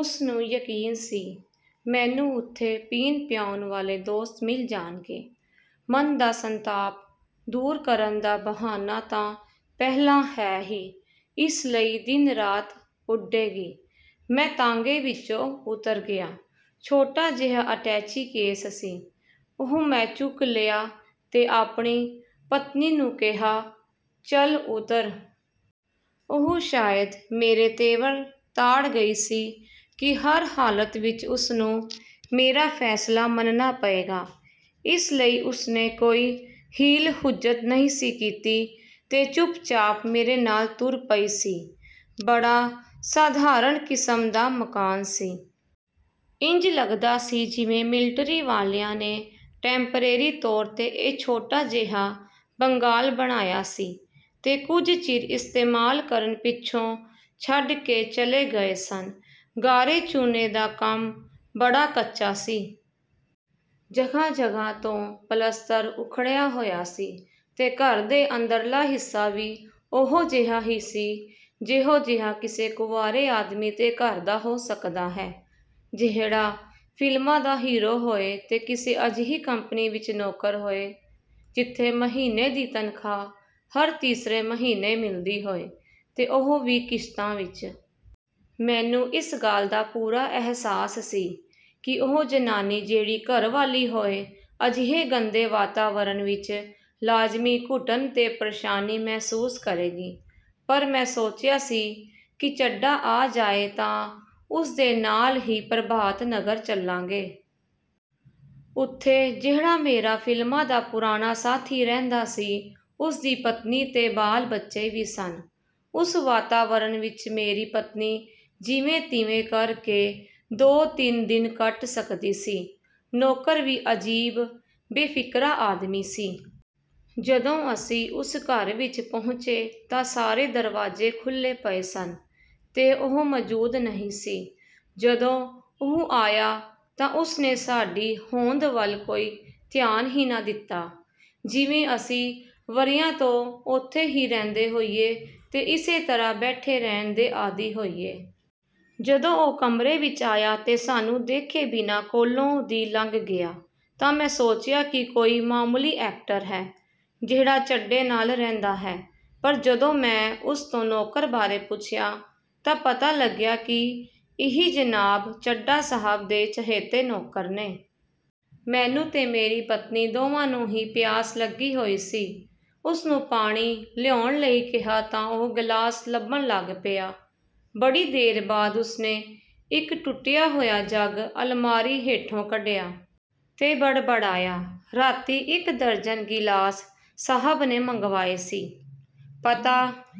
ਉਸਨੂੰ ਯਕੀਨ ਸੀ, ਮੈਨੂੰ ਉੱਥੇ ਪੀਣ-ਪਿਆਉਣ ਵਾਲੇ ਦੋਸਤ ਮਿਲ ਜਾਣਗੇ। ਮਨ ਦਾ ਸੰਤਾਪ ਦੂਰ ਕਰਨ ਦਾ ਬਹਾਨਾ ਤਾਂ ਪਹਿਲਾਂ ਹੈ ਹੀ ਇਸ ਲਈ ਦਿਨ ਰਾਤ ਉੱਡੇਗੀ। ਮੈਂ ਤਾਂਗੇ ਵਿਚੋਂ ਉਤਰ ਗਿਆ। ਛੋਟਾ ਜਿਹਾ ਅਟੈਚੀ ਕੇਸ ਸੀ, ਉਹ ਮੈਂ ਚੁੱਕ ਲਿਆ ਤੇ ਆਪਣੀ ਪਤਨੀ ਨੂੰ ਕਿਹਾ, "ਚੱਲ ਉਤਰ! " ਉਹ ਸ਼ਾਇਦ ਮੇਰੇ ਤੇਵਰ ਤਾੜ ਗਈ ਸੀ ਕਿ ਹਰ ਹਾਲਤ ਵਿਚ ਉਸਨੂੰ ਮੇਰਾ ਫ਼ੈਸਲਾ ਮੰਨਣਾ ਪਏਗਾ, ਇਸ ਲਈ ਉਸਨੇ ਕੋਈ ਹੀਲ-ਹੁੱਜਤ ਨਹੀਂ ਸੀ ਕੀਤੀ ਤੇ ਚੁੱਪਚਾਪ ਮੇਰੇ ਨਾਲ ਤੁਰ ਪਈ ਸੀ। ਬੜਾ ਸਾਧਾਰਣ ਕਿਸਮ ਦਾ ਮਕਾਨ ਸੀ। ਇੰਜ ਲੱਗਦਾ ਸੀ ਜਿਵੇਂ ਮਿਲਟਰੀ ਵਾਲਿਆਂ ਨੇ ਟੈਂਪਰੇਰੀ ਤੌਰ 'ਤੇ ਇਹ ਛੋਟਾ ਜਿਹਾ ਬੰਗਾਲ ਬਣਾਇਆ ਸੀ ਤੇ ਕੁਝ ਚਿਰ ਇਸਤੇਮਾਲ ਕਰਨ ਪਿੱਛੋਂ ਛੱਡ ਕੇ ਚਲੇ ਗਏ ਸਨ। ਗਾਰੇ-ਚੂਨੇ ਦਾ ਕੰਮ ਬੜਾ ਕੱਚਾ ਸੀ। ਜਗ੍ਹਾ-ਜਗ੍ਹਾ ਤੋਂ ਪਲਸਤਰ ਉੱਖੜਿਆ ਹੋਇਆ ਸੀ ਤੇ ਘਰ ਦੇ ਅੰਦਰਲਾ ਹਿੱਸਾ ਵੀ ਓਹੋ-ਜਿਹਾ ਹੀ ਸੀ ਜਿਹੋ-ਜਿਹਾ ਕਿਸੇ ਕੁਆਰੇ ਆਦਮੀ ਦੇ ਘਰ ਦਾ ਹੋ ਸਕਦਾ ਹੈ, ਜਿਹੜਾ ਫ਼ਿਲਮਾਂ ਦਾ ਹੀਰੋ ਹੋਏ ਤੇ ਕਿਸੇ ਅਜਿਹੀ ਕੰਪਨੀ ਵਿਚ ਨੌਕਰ ਹੋਏ, ਜਿੱਥੇ ਮਹੀਨੇ ਦੀ ਤਨਖ਼ਾਹ ਹਰ ਤੀਸਰੇ ਮਹੀਨੇ ਮਿਲਦੀ ਹੋਏ ਤੇ ਉਹ ਵੀ ਕਿਸ਼ਤਾਂ ਵਿਚ। ਮੈਨੂੰ ਇਸ ਗੱਲ ਦਾ ਪੂਰਾ ਅਹਿਸਾਸ ਸੀ ਕਿ ਉਹ ਜ਼ਨਾਨੀ ਜਿਹੜੀ ਘਰਵਾਲੀ ਹੋਏ ਅਜਿਹੇ ਗੰਦੇ ਵਾਤਾਵਰਣ ਵਿਚ ਲਾਜ਼ਮੀਂ ਘੁਟਨ ਤੇ ਪ੍ਰੇਸ਼ਾਨੀ ਮਹਿਸੂਸ ਕਰੇਗੀ। ਪਰ ਮੈਂ ਸੋਚਿਆ ਸੀ ਕਿ ਚੱਡਾ ਆ ਜਾਏ ਤਾਂ ਉਸਦੇ ਨਾਲ ਹੀ ਪ੍ਰਭਾਤ ਨਗਰ ਚੱਲਾਂਗੇ। ਉੱਥੇ ਜਿਹੜਾ ਮੇਰਾ ਫ਼ਿਲਮਾਂ ਦਾ ਪੁਰਾਣਾ ਸਾਥੀ ਰਹਿੰਦਾ ਸੀ, ਉਸਦੀ ਪਤਨੀ ਤੇ ਬਾਲ-ਬੱਚੇ ਵੀ ਸਨ। ਉਸ ਵਾਤਾਵਾਰਣ ਵਿਚ ਮੇਰੀ ਪਤਨੀ ਜਿਵੇਂ-ਤਿਵੇਂ ਕਰਕੇ ਦੋ-ਤਿੰਨ ਦਿਨ ਕੱਟ ਸਕਦੀ ਸੀ। ਨੌਕਰ ਵੀ ਅਜੀਬ ਬੇਫਿਕਰਾ ਆਦਮੀ ਸੀ। ਜਦੋਂ ਅਸੀਂ ਉਸ ਘਰ ਵਿਚ ਪਹੁੰਚੇ ਤਾਂ ਸਾਰੇ ਦਰਵਾਜ਼ੇ ਖੁੱਲ੍ਹੇ ਪਏ ਸਨ ਤੇ ਉਹ ਮੌਜ਼ੂਦ ਨਹੀਂ ਸੀ। ਜਦੋਂ ਉਹ ਆਇਆ ਤਾਂ ਉਸਨੇ ਸਾਡੀ ਹੋਂਦ ਵੱਲ ਕੋਈ ਧਿਆਨ ਹੀ ਨਾ ਦਿੱਤਾ, ਜਿਵੇਂ ਅਸੀਂ ਵਰ੍ਹਿਆਂ ਤੋਂ ਉੱਥੇ ਹੀ ਰਹਿੰਦੇ ਹੋਈਏ ਤੇ ਇਸੇ ਤਰ੍ਹਾਂ ਬੈਠੇ ਰਹਿਣ ਦੇ ਆਦੀ ਹੋਈਏ। ਜਦੋਂ ਉਹ ਕਮਰੇ ਵਿਚ ਆਇਆ ਤੇ ਸਾਨੂੰ ਦੇਖੇ ਬਿਨਾਂ ਕੋਲੋਂ ਦੀ ਲੰਘ ਗਿਆ ਤਾਂ ਮੈਂ ਸੋਚਿਆ ਕਿ ਕੋਈ ਮਾਮੂਲੀ ਐਕਟਰ ਹੈ, ਜਿਹੜਾ ਚੱਡੇ ਨਾਲ ਰਹਿੰਦਾ ਹੈ। ਪਰ ਜਦੋਂ ਮੈਂ ਉਸ ਤੋਂ ਨੌਕਰ ਬਾਰੇ ਪੁੱਛਿਆ ਤਾਂ ਪਤਾ ਲੱਗਿਆ ਕਿ ਇਹੀ ਜਨਾਬ, ਚੱਡਾ ਸਾਹਬ ਦੇ ਚਹੇਤੇ ਨੌਕਰ ਨੇ। ਮੈਨੂੰ ਤੇ ਮੇਰੀ ਪਤਨੀ ਦੋਵਾਂ ਨੂੰ ਹੀ ਪਿਆਸ ਲੱਗੀ ਹੋਈ ਸੀ। ਉਸਨੂੰ ਪਾਣੀ ਲਿਆਉਣ ਲਈ ਕਿਹਾ ਤਾਂ ਉਹ ਗ਼ਲਾਸ ਲੱਭਣ ਲੱਗ ਪਿਆ। ਬੜੀ ਦੇਰ ਬਾਅਦ ਉਸਨੇ ਇਕ ਟੁੱਟਿਆ ਹੋਇਆ ਜੱਗ ਅਲਮਾਰੀ ਹੇਠੋਂ ਕੱਢਿਆ ਤੇ ਬੜਬੜਾਇਆ, "ਰਾਤੀਂ ਇਕ ਦਰਜਨ ਗ਼ਿਲਾਸ ਸਾਹਬ ਨੇ ਮੰਗਵਾਏ ਸੀ, ਪਤਾ